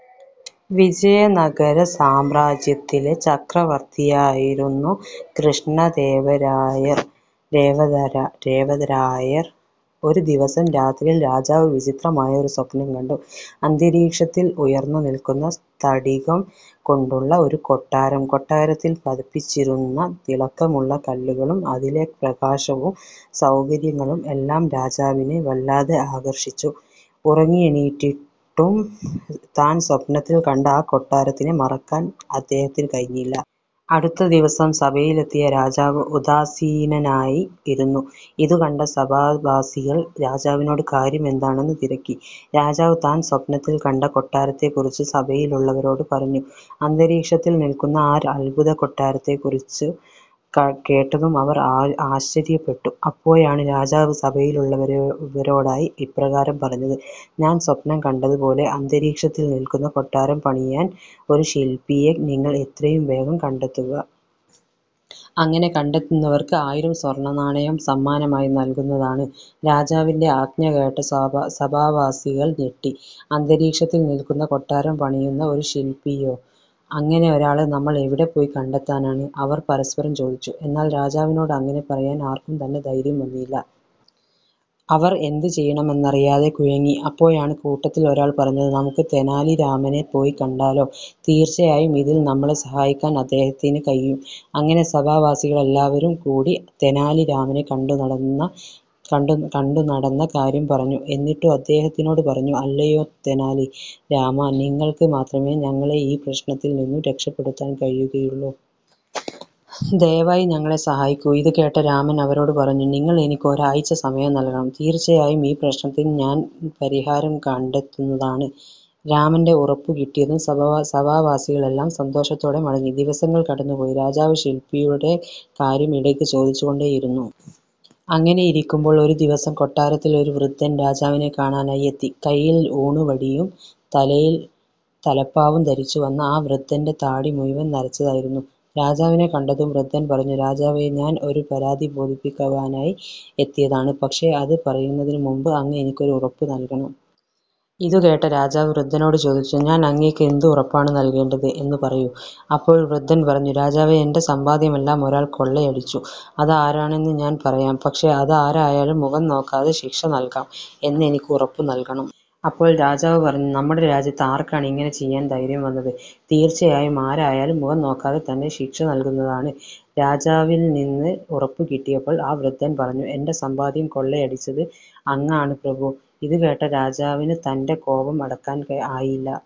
വിജയനഗര സാമ്രാജ്യത്തിലെ ചക്രവർത്തിയായിരുന്നു കൃഷ്ണദേവരായർ. ഒരു ദിവസം രാത്രിയിൽ രാജാവ് വിചിത്രമായ ഒരു സ്വപ്നം കണ്ടു. അന്തരീക്ഷത്തിൽ ഉയർന്നു നിൽക്കുന്ന സ്ഥടികം കൊണ്ടുള്ള ഒരു കൊട്ടാരം. കൊട്ടാരത്തിൽ പതിപ്പിച്ചിരുന്ന തിളക്കമുള്ള കല്ലുകളും അതിലെ പ്രകാശവും സൗകര്യങ്ങളും എല്ലാം രാജാവിനെ വല്ലാതെ ആകർഷിച്ചു. ഉറങ്ങി എണീറ്റിട്ടും താൻ സ്വപ്നത്തിൽ കണ്ട ആ കൊട്ടാരത്തിനെ മറക്കാൻ അദ്ദേഹത്തിന് കഴിഞ്ഞില്ല. അടുത്ത ദിവസം സഭയിലെത്തിയ രാജാവ് ഉദാസീനനായി ഇരുന്നു. ഇതുകണ്ട സഭാവാസികൾ രാജാവിനോട് കാര്യം എന്താണെന്ന് തിരക്കി. രാജാവ് താൻ സ്വപ്നത്തിൽ കണ്ട കൊട്ടാരത്തെക്കുറിച്ച് സഭയിലുള്ളവരോട് പറഞ്ഞു. അന്തരീക്ഷത്തിൽ നിൽക്കുന്ന ആ അത്ഭുത കൊട്ടാരത്തെക്കുറിച്ചു കേട്ടതും അവർ ആശ്ചര്യപ്പെട്ടു. അപ്പോഴാണ് രാജാവ് സഭയിലുള്ളവരോടായി ഇപ്രകാരം പറഞ്ഞത്. "ഞാൻ സ്വപ്നം കണ്ടത് പോലെ അന്തരീക്ഷത്തിൽ നിൽക്കുന്ന കൊട്ടാരം പണിയാൻ ഒരു ശില്പിയെ നിങ്ങൾ എത്രയും വേഗം കണ്ടെത്തുക. അങ്ങനെ കണ്ടെത്തുന്നവർക്ക് ആയിരം സ്വർണ നാണയം സമ്മാനമായി നൽകുന്നതാണ്. " രാജാവിന്റെ ആജ്ഞ കേട്ട സഭാവാസികൾ ഞെട്ടി. "അന്തരീക്ഷത്തിൽ നിൽക്കുന്ന കൊട്ടാരം പണിയുന്ന ഒരു ശില്പിയോ? അങ്ങനെ ഒരാളെ നമ്മൾ എവിടെ പോയി കണ്ടെത്താനാണ്? " അവർ പരസ്പരം ചോദിച്ചു. എന്നാൽ രാജാവിനോട് അങ്ങനെ പറയാൻ ആർക്കും തന്നെ ധൈര്യം വന്നില്ല. അവർ എന്ത് ചെയ്യണമെന്നറിയാതെ കുഴങ്ങി. അപ്പോഴാണ് കൂട്ടത്തിൽ ഒരാൾ പറഞ്ഞത് "നമുക്ക് തെനാലി രാമനെ പോയി കണ്ടാലോ? തീർച്ചയായും ഇതിൽ നമ്മളെ സഹായിക്കാൻ അദ്ദേഹത്തിന് കഴിയും. " അങ്ങനെ സഭാവാസികളെല്ലാവരും കൂടി തെനാലി രാമനെ കണ്ടു നടന്ന കാര്യം പറഞ്ഞു. എന്നിട്ടു അദ്ദേഹത്തിനോട് പറഞ്ഞു "അല്ലയോ തെനാലി രാമാ, നിങ്ങൾക്ക് മാത്രമേ ഞങ്ങളെ ഈ പ്രശ്നത്തിൽ നിന്നും രക്ഷപ്പെടുത്താൻ കഴിയുകയുള്ളൂ. ദയവായി ഞങ്ങളെ സഹായിക്കൂ. " ഇതു കേട്ട രാമൻ അവരോട് പറഞ്ഞു "നിങ്ങൾ എനിക്ക് ഒരാഴ്ച സമയം നൽകണം. തീർച്ചയായും ഈ പ്രശ്നത്തിന് ഞാൻ പരിഹാരം കണ്ടെത്തുന്നതാണ്. " രാമന്റെ ഉറപ്പു കിട്ടിയതും സഭാവാസികളെല്ലാം സന്തോഷത്തോടെ മടങ്ങി. ദിവസങ്ങൾ കടന്നു പോയി. രാജാവ് ശില്പിയുടെ കാര്യം ഇടയ്ക്കു ചോദിച്ചു കൊണ്ടേയിരുന്നു. അങ്ങനെയിരിക്കുമ്പോൾ ഒരു ദിവസം കൊട്ടാരത്തിൽ ഒരു വൃദ്ധൻ രാജാവിനെ കാണാനായി എത്തി. കൈയിൽ ഊന്നു വടിയും തലയിൽ തലപ്പാവും ധരിച്ചു വന്ന ആ വൃദ്ധന്റെ താടി മുഴുവൻ നരച്ചതായിരുന്നു. രാജാവിനെ കണ്ടതും വൃദ്ധൻ പറഞ്ഞു "രാജാവേ, ഞാൻ ഒരു പരാതി ബോധിപ്പിക്കുവാനായി എത്തിയതാണ്. പക്ഷേ അത് പറയുന്നതിന് മുൻപ് അങ്ങ് എനിക്കൊരു ഉറപ്പു നൽകണം. " ഇതു കേട്ട രാജാവ് വൃദ്ധനോട് ചോദിച്ചു "ഞാൻ അങ്ങേക്ക് എന്ത് ഉറപ്പാണ് നൽകേണ്ടത് എന്നു പറയൂ? " അപ്പോൾ വൃദ്ധൻ പറഞ്ഞു "രാജാവേ, എന്റെ സമ്പാദ്യമെല്ലാം ഒരാൾ കൊള്ളയടിച്ചു. അതാരാണെന്ന് ഞാൻ പറയാം. പക്ഷെ അതാരായാലും മുഖം നോക്കാതെ ശിക്ഷ നൽകാം എന്നെനിക്ക് ഉറപ്പു നൽകണം. " അപ്പോൾ രാജാവ് പറഞ്ഞു "നമ്മുടെ രാജ്യത്ത് ആർക്കാണ് ഇങ്ങനെ ചെയ്യാൻ ധൈര്യം വന്നത്? തീർച്ചയായും ആരായാലും മുഖം നോക്കാതെ തന്നെ ശിക്ഷ നൽകുന്നതാണ്. " രാജാവിൽ നിന്ന് ഉറപ്പു കിട്ടിയപ്പോൾ ആ വൃദ്ധൻ പറഞ്ഞു "എന്റെ സമ്പാദ്യം കൊള്ളയടിച്ചത് അങ്ങാണ് പ്രഭു. " ഇതുകേട്ട രാജാവിന് തന്റെ കോപം അടക്കാൻ ആയില്ല.